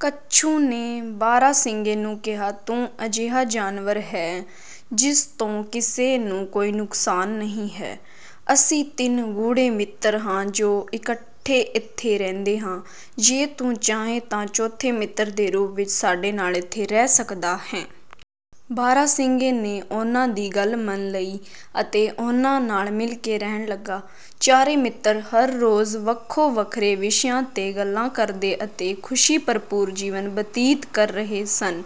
ਕੱਛੂ ਨੇ ਬਾਰਾਂਸਿੰਗੇ ਨੂੰ ਕਿਹਾ, "ਤੂੰ ਅਜਿਹਾ ਜਾਨਵਰ ਹੈਂ ਜਿਸ ਤੋਂ ਕਿਸੇ ਨੂੰ ਕੋਈ ਨੁਕਸਾਨ ਨਹੀਂ ਹੈ। ਅਸੀਂ ਤਿੰਨ ਗੂੜ੍ਹੇ ਮਿੱਤਰ ਹਾਂ ਜੋ ਇਕੱਠੇ ਇੱਥੇ ਰਹਿੰਦੇ ਹਾਂ। ਜੇ ਤੂੰ ਚਾਹੇਂ ਤਾਂ ਚੌਥੇ ਮਿੱਤਰ ਦੇ ਰੂਪ ਵਿੱਚ ਸਾਡੇ ਨਾਲ ਇੱਥੇ ਰਹਿ ਸਕਦਾ ਹੈਂ।" ਬਾਰਾਂਸਿੰਗੇ ਨੇ ਉਨ੍ਹਾਂ ਦੀ ਗੱਲ ਮੰਨ ਲਈ ਅਤੇ ਉਨ੍ਹਾਂ ਨਾਲ ਮਿਲ ਕੇ ਰਹਿਣ ਲੱਗਾ। ਚਾਰੇ ਮਿੱਤਰ ਹਰ ਰੋਜ਼ ਵੱਖੋ ਵੱਖਰੇ ਵਿਸ਼ਿਆਂ 'ਤੇ ਗੱਲਾਂ ਕਰਦੇ ਅਤੇ ਖ਼ੁਸ਼ੀ ਭਰਪੂਰ ਜੀਵਨ ਬਤੀਤ ਕਰ ਰਹੇ ਸਨ।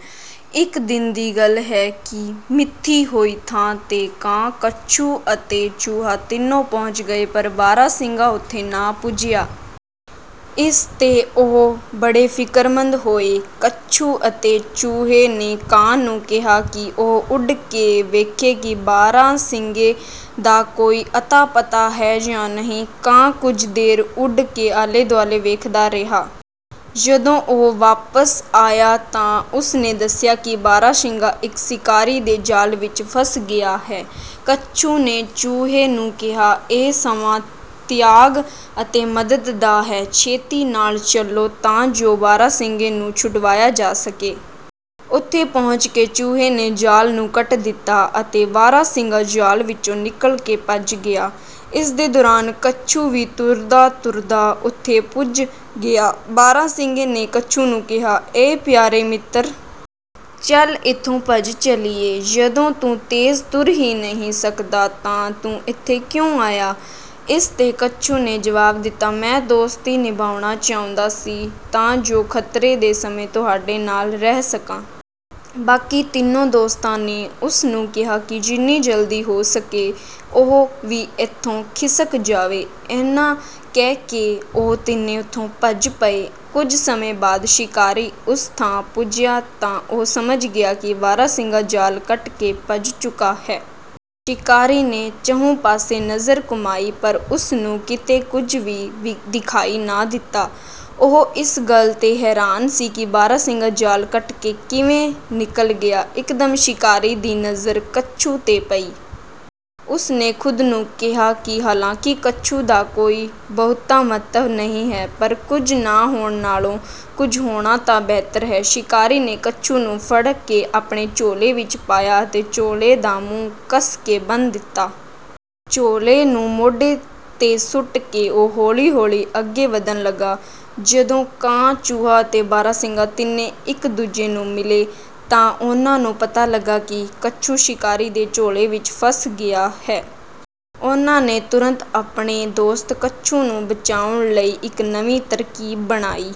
ਇੱਕ ਦਿਨ ਦੀ ਗੱਲ ਹੈ ਕਿ ਮਿਥੀ ਹੋਈ ਥਾਂ 'ਤੇ ਕਾਂ, ਕੱਛੂ ਅਤੇ ਚੂਹਾ ਤਿੰਨੋਂ ਪਹੁੰਚ ਗਏ, ਪਰ ਬਾਰਾਂਸਿੰਗਾ ਉੱਥੇ ਨਾ ਪੁੱਜਿਆ। ਇਸ 'ਤੇ ਉਹ ਬੜੇ ਫ਼ਿਕਰਮੰਦ ਹੋਏ। ਕੱਛੂ ਅਤੇ ਚੂਹੇ ਨੇ ਕਾਂ ਨੂੰ ਕਿਹਾ ਕਿ ਉਹ ਉੱਡ ਕੇ ਵੇਖੇ ਕਿ ਬਾਰਾਂਸਿੰਗੇ ਦਾ ਕੋਈ ਅਤਾ-ਪਤਾ ਹੈ ਜਾਂ ਨਹੀਂ। ਕਾਂ ਕੁਝ ਦੇਰ ਉੱਡ ਕੇ ਆਲੇ-ਦੁਆਲੇ ਵੇਖਦਾ ਰਿਹਾ। ਜਦੋਂ ਉਹ ਵਾਪਸ ਆਇਆ ਤਾਂ ਉਸ ਨੇ ਦੱਸਿਆ ਕਿ ਬਾਰਾਂਸਿੰਗਾ ਇੱਕ ਸ਼ਿਕਾਰੀ ਦੇ ਜਾਲ ਵਿੱਚ ਫੱਸ ਗਿਆ ਹੈ। ਕੱਛੂ ਨੇ ਚੂਹੇ ਨੂੰ ਕਿਹਾ, "ਇਹ ਸਮਾਂ ਤਿਆਗ ਅਤੇ ਮਦਦ ਦਾ ਹੈ। ਛੇਤੀ ਨਾਲ ਚੱਲੋ ਤਾਂ ਜੋ ਬਾਰਾਂਸਿੰਗੇ ਨੂੰ ਛੁਡਵਾਇਆ ਜਾ ਸਕੇ।" ਉੱਥੇ ਪਹੁੰਚ ਕੇ ਚੂਹੇ ਨੇ ਜਾਲ ਨੂੰ ਕੱਟ ਦਿੱਤਾ ਅਤੇ ਬਾਰਾਂਸਿੰਗਾ ਜਾਲ ਵਿੱਚੋਂ ਨਿਕਲ ਕੇ ਭੱਜ ਗਿਆ। ਇਸੇ ਦੌਰਾਨ ਕੱਛੂ ਵੀ ਤੁਰਦਾ-ਤੁਰਦਾ ਉੱਥੇ ਪੁੱਜ ਗਿਆ। ਬਾਰਾਂਸਿੰਗੇ ਨੇ ਕੱਛੂ ਨੂੰ ਕਿਹਾ, "ਐ ਪਿਆਰੇ ਮਿੱਤਰ! ਚੱਲ ਇੱਥੋਂ ਭੱਜ ਚੱਲੀਏ। ਜਦੋਂ ਤੂੰ ਤੇਜ਼ ਤੁਰ ਹੀ ਨਹੀਂ ਸਕਦਾ ਤਾਂ ਤੂੰ ਇੱਥੇ ਕਿਉਂ ਆਇਆ?" ਇਸ 'ਤੇ ਕੱਛੂ ਨੇ ਜਵਾਬ ਦਿੱਤਾ, "ਮੈਂ ਦੋਸਤੀ ਨਿਭਾਉਣਾ ਚਾਹੁੰਦਾ ਸੀ ਤਾਂ ਜੋ ਖ਼ਤਰੇ ਦੇ ਸਮੇਂ ਤੁਹਾਡੇ ਨਾਲ ਰਹਿ ਸਕਾਂ।" ਬਾਕੀ ਤਿੰਨੋਂ ਦੋਸਤਾਂ ਨੇ ਉਸ ਨੂੰ ਕਿਹਾ ਕਿ ਜਿੰਨੀ ਜਲਦੀ ਹੋ ਸਕੇ ਉਹ ਵੀ ਇੱਥੋਂ ਖਿਸਕ ਜਾਵੇ। ਇੰਨਾ ਕਹਿ ਕੇ ਉਹ ਤਿੰਨੇ ਉੱਥੋਂ ਭੱਜ ਪਏ। ਕੁਝ ਸਮੇਂ ਬਾਅਦ ਸ਼ਿਕਾਰੀ ਉਸ ਥਾਂ ਪੁੱਜਿਆ ਤਾਂ ਉਹ ਸਮਝ ਗਿਆ ਕਿ ਬਾਰਾਂਸਿੰਗਾ ਜਾਲ ਕੱਟ ਕੇ ਭੱਜ ਚੁੱਕਾ ਹੈ। ਸ਼ਿਕਾਰੀ ਨੇ ਚਹੁੰ ਪਾਸੇ ਨਜ਼ਰ ਘੁਮਾਈ, ਪਰ ਉਸ ਨੂੰ ਕਿਤੇ ਕੁਝ ਵੀ ਦਿਖਾਈ ਨਾ ਦਿੱਤਾ। ਉਹ ਇਸ ਗੱਲ 'ਤੇ ਹੈਰਾਨ ਸੀ ਕਿ ਬਾਰਾਂਸਿੰਗਾ ਜਾਲ ਕੱਟ ਕੇ ਕਿਵੇਂ ਨਿਕਲ ਗਿਆ। ਇਕਦਮ ਸ਼ਿਕਾਰੀ ਦੀ ਨਜ਼ਰ ਕੱਛੂ 'ਤੇ ਪਈ। ਉਸ ਨੇ ਖ਼ੁਦ ਨੂੰ ਕਿਹਾ ਕਿ ਹਾਲਾਂਕਿ ਕੱਛੂ ਦਾ ਕੋਈ ਬਹੁਤਾ ਮਹੱਤਵ ਨਹੀਂ ਹੈ, ਪਰ ਕੁਝ ਨਾ ਹੋਣ ਨਾਲੋਂ ਕੁਝ ਹੋਣਾ ਤਾਂ ਬਿਹਤਰ ਹੈ। ਸ਼ਿਕਾਰੀ ਨੇ ਕੱਛੂ ਨੂੰ ਫੜ ਕੇ ਆਪਣੇ ਝੋਲੇ ਵਿੱਚ ਪਾਇਆ ਅਤੇ ਝੋਲੇ ਦਾ ਮੂੰਹ ਕੱਸ ਕੇ ਬੰਨ੍ਹ ਦਿੱਤਾ। ਝੋਲੇ ਨੂੰ ਮੋਢੇ 'ਤੇ ਸੁੱਟ ਕੇ ਉਹ ਹੌਲੀ-ਹੌਲੀ ਅੱਗੇ ਵਧਣ ਲੱਗਾ। ਜਦੋਂ ਕਾਂ, ਚੂਹਾ ਅਤੇ ਬਾਰਾਂਸਿੰਗਾ ਤਿੰਨੇ ਇੱਕ-ਦੂਜੇ ਨੂੰ ਮਿਲੇ, ਤਾਂ ਉਨ੍ਹਾਂ ਨੂੰ ਪਤਾ ਲੱਗਾ ਕਿ ਕੱਛੂ ਸ਼ਿਕਾਰੀ ਦੇ ਝੋਲੇ ਵਿੱਚ ਫਸ ਗਿਆ ਹੈ। ਉਨ੍ਹਾਂ ਨੇ ਤੁਰੰਤ ਆਪਣੇ ਦੋਸਤ ਕੱਛੂ ਨੂੰ ਬਚਾਉਣ ਲਈ ਇੱਕ ਨਵੀਂ ਤਰਕੀਬ ਬਣਾਈ।